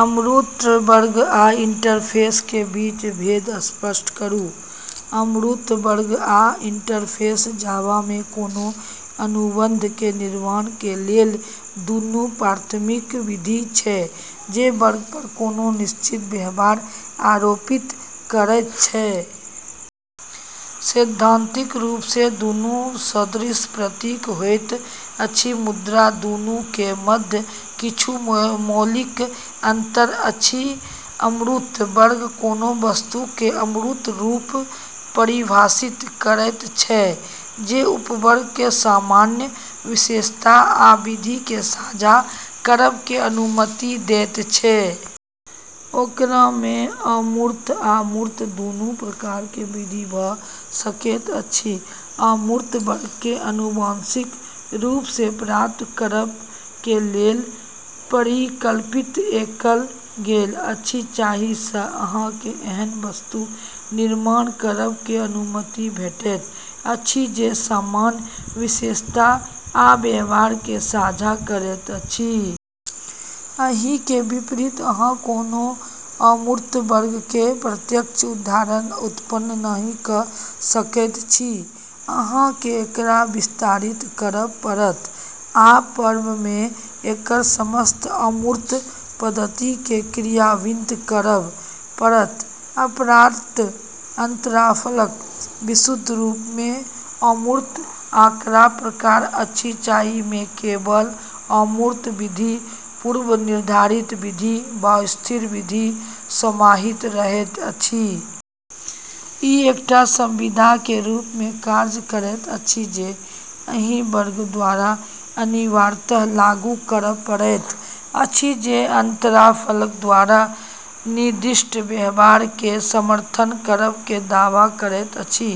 अमूर्त वर्ग आ इंटरफेस के बीच भेद स्पष्ट करू। अमूर्त वर्ग आ इंटरफ़ेस जावा मे कोनो अनुबंध के निर्माण के लेल दुनू प्राथमिक विधि छै, जे वर्ग पर कोनो निश्चित व्यवहार आरोपित करैत छै। सैद्धांतिक रूप सँ दुनू सदृश प्रतीत होइत अछि, मुदा दुनू के मध्य किछु मौलिक अंतर अछि। अमूर्त वर्ग कोनो वस्तु के अमूर्त रूप के परिभाषित करैत छै, जे उपवर्ग के सामान्य विशेषता आ विधि के साझा करब के अनुमति दैत छै। ओकरा में अमूर्त आ मूर्त दुनू प्रकार के विधि भऽ सकैत अछि। अमूर्त वर्ग के आनुवंशिक रूप सँ प्राप्त करब के लेल परिकल्पित कएल गेल अछि, जाहि सँ अहाँ केँ एहन वस्तु निर्माण करब के अनुमति भेटैत अछि जे सामान्य विशेषता आ व्यवहार के साझा करैत अछि। एहि के विपरीत, अहाँ कोनो अमूर्त वर्ग के प्रत्यक्ष उदाहरण उत्पन्न नहि कऽ सकैत छी; अहाँ केँ एकरा विस्तारित करब पड़त आ पूर्व में एकर समस्त अमूर्त पद्धति के क्रियान्वित करब पड़त। अपरात्र, अंतराफलक विशुद्ध रूप सँ अमूर्त आँकड़ा प्रकार अछि जहि में केवल अमूर्त विधि, पूर्वनिर्धारित विधि, वा स्थिर विधि समाहित रहैत अछि। ई एकटा संविदा के रूप में कार्य करैत अछि जे ओहि वर्ग द्वारा अनिवार्यतः लागू करब पड़ैत अछि जे अंतराफलक द्वारा निर्दिष्ट व्यवहार के समर्थन करब के दावा करैत अछि।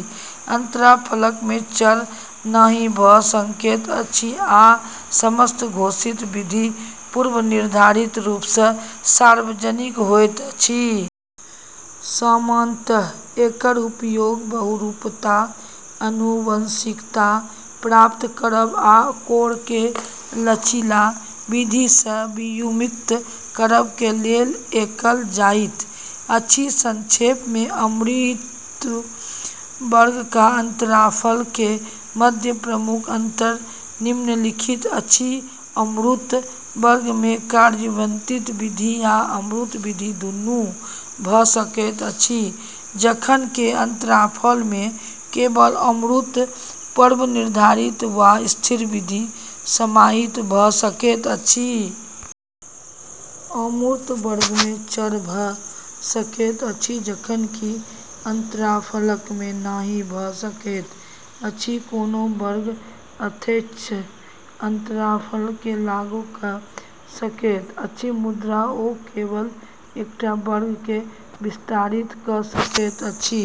अंतराफलक में चर नहि भऽ सकैत अछि, आ समस्त घोषित विधि पूर्वनिर्धारित रूप सँ सार्वजनिक होइत अछि। सामान्यतः एकर उपयोग बहुरूपता, आनुवंशिकता प्राप्त करब, आ कोड के लचीला विधि सँ वियुग्मित करब के लेल कएल जाइत अछि। संक्षेप में, अमूर्त वर्ग आ अंतराफलक के मध्य प्रमुख अंतर निम्नलिखित अछि: अमूर्त वर्ग में कार्यन्वित विधि आ अमूर्त विधि, दुनू भऽ सकैत अछि, जखन कि अंतराफलक में केवल अमूर्त, पूर्वनिर्धारित वा स्थिर विधि समाहित भऽ सकैत अछि। अमूर्त वर्ग में चर भऽ सकैत अछि, जखन कि अंतराफलक में नहि भऽ सकैत अछि। कोनो वर्ग यथेच्छ अंतराफलक के लागू कऽ सकैत अछि, मुदा ओ केवल एकटा वर्ग के विस्तारित कऽ सकैत अछि।